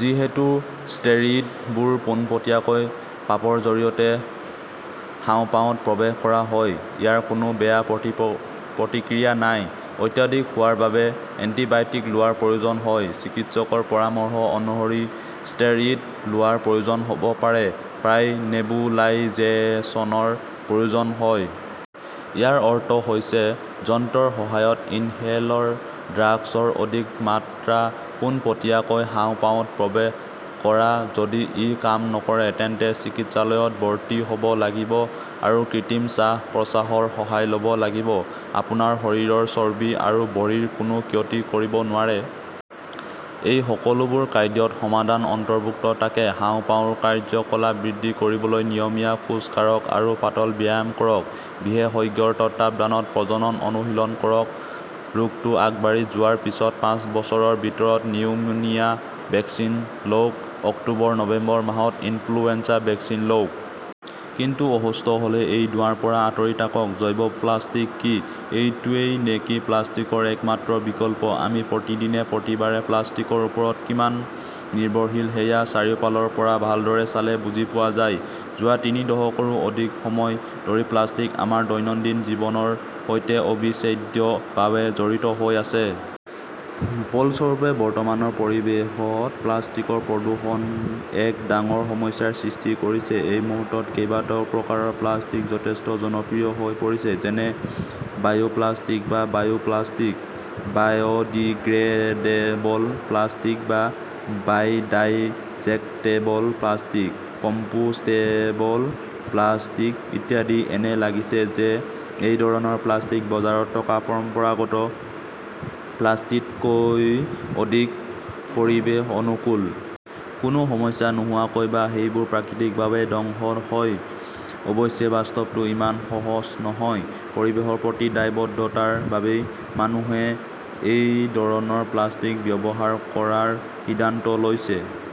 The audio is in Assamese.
যিহেতু ষ্টেৰিডবোৰ পোনপটীয়াকৈ পাপৰ জৰিয়তে হাঁওপাওত প্ৰৱেশ কৰা হয়, ইয়াৰ কোনো বেয়া প্ৰতিক্ৰিয়া নাই। অত্যাধিক হোৱাৰ বাবে এন্টিবায়টিক লোৱাৰ প্ৰয়োজন হয়। চিকিৎসকৰ পৰামৰ্শ অনুসৰি ষ্টেৰিড লোৱাৰ প্ৰয়োজন হব পাৰে। প্ৰায়ে নেবুলাইজেচনৰ প্ৰয়োজন হয়। ইয়াৰ অৰ্থ হৈছে যন্ত্ৰৰ সহায়ত ইনহেলৰ ড্ৰাগছৰ অধিক মাত্ৰা পোনপটীয়াকৈ হাঁওপাওত প্ৰৱেশ কৰা। যদি ই কাম নকৰে তেন্তে চিকিৎসালয়ত ভৰ্তি হব লাগিব আৰু কৃত্ৰিম শ্বাস-প্ৰশ্বাসৰ সহায় লব লাগিব। আপোনাৰ শৰীৰৰ চৰ্বি আৰু ভৰিৰ কোনো ক্যতি কৰিব নোৱাৰে? এই সকলোবোৰ কাদ্যত সমাধান অন্তৰ্ভুক্ত থাকেঃ হাঁওপাওৰ কাৰ্য্যকলাপ বৃদ্ধি কৰিবলৈ নিয়মীয়া খোজ কাঢ়ক আৰু পাতল ব্যায়াম কৰক। বিশেষজ্ঞৰ তত্বাৱধানত প্ৰজনন অনুশীলন কৰক। ৰোগটো আগবাঢ়ি যোৱাৰ পিছত পাঁচ বছৰৰ ভিতৰত নিউমোনিয়া ভেকচিন লওক। অক্টোবৰ-নৱেম্বৰ মাহত ইনফ্লুৱেঞ্জা ভেকচিন লওক। কিন্তু অসুস্থ হলে এই ধোঁৱাৰ পৰা আঁতৰি থাকক। জৈৱ-প্লাষ্টিক কি? এইটোৱেই নেকি প্লাষ্টিকৰ একমাত্ৰ বিকল্প? আমি প্ৰতিদিনে, প্ৰতিবাৰে প্লাষ্টিকৰ ওপৰত কিমান নিৰ্ভৰশীল সেয়া চাৰিওফালৰ পৰা ভালদৰে চালে বুজি পোৱা যায়। যোৱা তিনি দশকৰো অধিক সময় ধৰি প্লাষ্টিক আমাৰ দৈনন্দিন জীৱনৰ সৈতে অবিচ্ছেদ্যভাৱে জড়িত হৈ আছে। ফলস্বৰূপে, বৰ্তমানৰ পৰিৱেশত প্লাষ্টিকৰ প্ৰদূষণ এক ডাঙৰ সমস্যাৰ সৃষ্টি কৰিছে। এই মুহূৰ্তত কেইবাটাও প্ৰকাৰৰ প্লাষ্টিক যথেষ্ট জনপ্ৰিয় হৈ পৰিছে। যেনে বায়োপ্লাস্টিক বা বায়োপ্লাস্টিক, বায়ডিগ্ৰেডেবল প্লাষ্টিক বা বায়ডাইজেক্টেবল প্লাষ্টিক, কম্পোষ্টেবল প্লাষ্টিক ইত্যাদি। এনে লাগিছে যে এই ধৰণৰ প্লাষ্টিক বজাৰত থকা পৰম্পৰাগত প্লাষ্টিতকৈ অধিক পৰিৱেশ অনুকূল। কোনো সমস্যা নোহোৱাকৈ বা সেইবোৰ প্ৰাকৃতিকভাৱে ধ্বংস হয়। অৱশ্যে, বাস্তৱটো ইমান সহজ নহয়। পৰিৱেশৰ প্ৰতি দায়বদ্ধতাৰ বাবেই মানুহে এই দৰণৰ প্লাষ্টিক ব্যৱহাৰ কৰাৰ সিদ্ধান্ত লৈছে।